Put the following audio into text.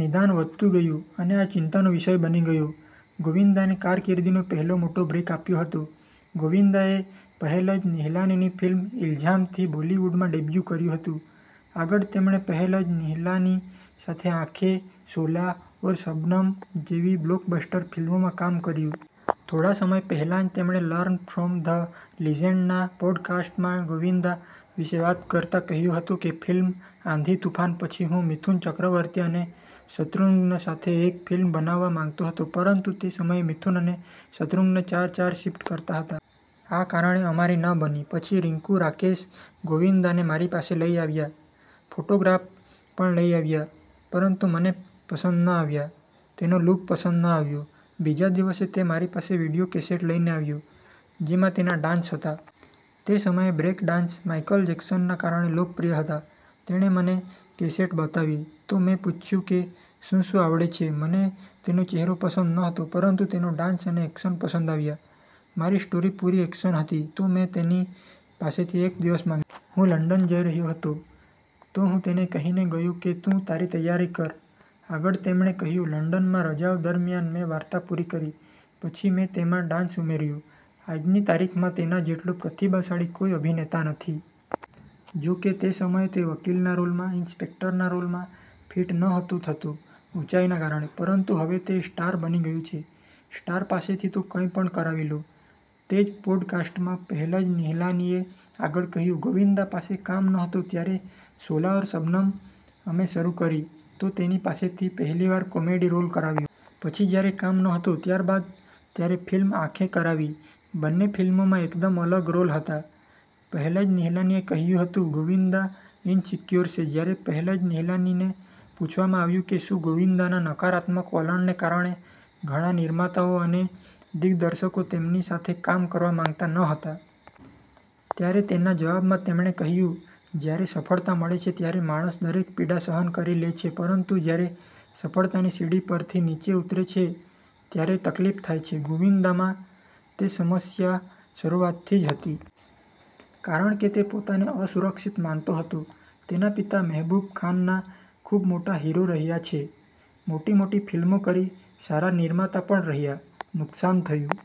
નિદાન વધતું ગયું અને આ ચિંતાનો વિષય બની ગયો. ગોવિંદાને કારકિર્દીનો પહેલો મોટો બ્રેક આપ્યો હતો. ગોવિંદાએ પહેલજ નિહલાનીની ફિલ્મ 'ઇલ્ઝામ' થી બોલિવૂડમાં ડેબ્યૂ કર્યું હતું. આગળ તેમણે પહેલાજ નિહલાની સાથે 'આંખેં', 'શોલા ઔર શબનમ' જેવી બ્લોકબસ્ટર ફિલ્મોમાં કામ કર્યું. થોડા સમય પહેલા જ તેમણે 'લર્ન ફ્રોમ ધ લિજેન્ડ'ના પોડકાસ્ટમાં ગોવિંદા વિશે વાત કરતા કહ્યું હતું કે, "ફિલ્મ 'આંધી તુફાન' પછી હું મિથુન ચક્રવર્તી અને શત્રુઘ્ન સાથે એક ફિલ્મ બનાવવા માંગતો હતો, પરંતુ તે સમયે મિથુન અને શત્રુઘ્ન ચાર-ચાર શિફ્ટ કરતા હતા. આ કારણે અમારી ન બની. પછી રીક્કુ રાકેશ, ગોવિંદાને મારી પાસે લઈ આવ્યા. ફોટોગ્રાફ પણ લઈ આવ્યા, પરંતુ મને પસંદ ન આવ્યા. તેનો લુક પસંદ ન આવ્યો. બીજા દિવસે તે મારી પાસે વીડિયો કેસેટ લઈને આવ્યો, જેમાં તેના ડાન્સ હતા. તે સમયે બ્રેક ડાન્સ માઈકલ જેક્સનના કારણે લોકપ્રિય હતા. તેણે મને કેસેટ બતાવી, તો મેં પૂછ્યું કે 'શું-શું આવડે છે?' મને તેનો ચહેરો પસંદ નહોતો, પરંતુ તેનો ડાન્સ અને એક્શન પસંદ આવ્યા. મારી સ્ટોરી પૂરી એક્શન હતી, તો મેં તેની પાસેથી એક દિવસ માંગ. હું લંડન જઈ રહ્યો હતો, તો હું તેને કહીને ગયો કે તું તારી તૈયારી કર." આગળ તેમણે કહ્યું, "લંડનમાં રજાઓ દરમિયાન મેં વાર્તા પૂરી કરી. પછી મેં તેમાં ડાન્સ ઉમેર્યો. આજની તારીખમાં તેના જેટલો પ્રતિભાશાળી કોઈ અભિનેતા નથી. જોકે તે સમયે તે વકીલના રોલમાં, ઇન્સ્પેક્ટરના રોલમાં ફિટ નહોતો થતો, ઊંચાઈના કારણે. પરંતુ હવે તે સ્ટાર બની ગયો છે, સ્ટાર પાસેથી તો કંઈ પણ કરાવી લો. તે જ પોડકાસ્ટમાં પહેલજ નિહલાનીએ આગળ કહ્યું, "ગોવિંદા પાસે કામ નહોતું, ત્યારે 'શોલા ઔર શબનમ' અમે શરૂ કરી, તો તેની પાસેથી પહેલીવાર કોમેડી રોલ કરાવ્યો. પછી જ્યારે કામ નહોતું, ત્યારબાદ ત્યારે ફિલ્મ 'આંખે' કરાવી. બંને ફિલ્મોમાં એકદમ અલગ રોલ હતા." પહેલાજ નિહલાનીએ કહ્યું હતું, "ગોવિંદા ઇનસિક્યોર છે." જ્યારે પહેલાજ નિહલાનીને પૂછવામાં આવ્યું કે, 'શું ગોવિંદાના નકારાત્મક વલણને કારણે ઘણા નિર્માતાઓ અને દિગ્દર્શકો તેમની સાથે કામ કરવા માંગતા ન હતા?' ત્યારે તેના જવાબમાં તેમણે કહ્યું, "જ્યારે સફળતા મળે છે, ત્યારે માણસ દરેક પીડા સહન કરી લે છે, પરંતુ જ્યારે સફળતાની સીડી પરથી નીચે ઉતરે છે ત્યારે તકલીફ થાય છે. ગોવિંદામાં તે સમસ્યા શરૂઆતથી જ હતી. કારણ કે તે પોતાને અસુરક્ષિત માનતો હતો. તેના પિતા મહેબૂબ ખાનના ખૂબ મોટા હીરો રહ્યા છે. મોટી-મોટી ફિલ્મો કરી, સારા નિર્માતા પણ રહ્યા, નુકસાન થયું.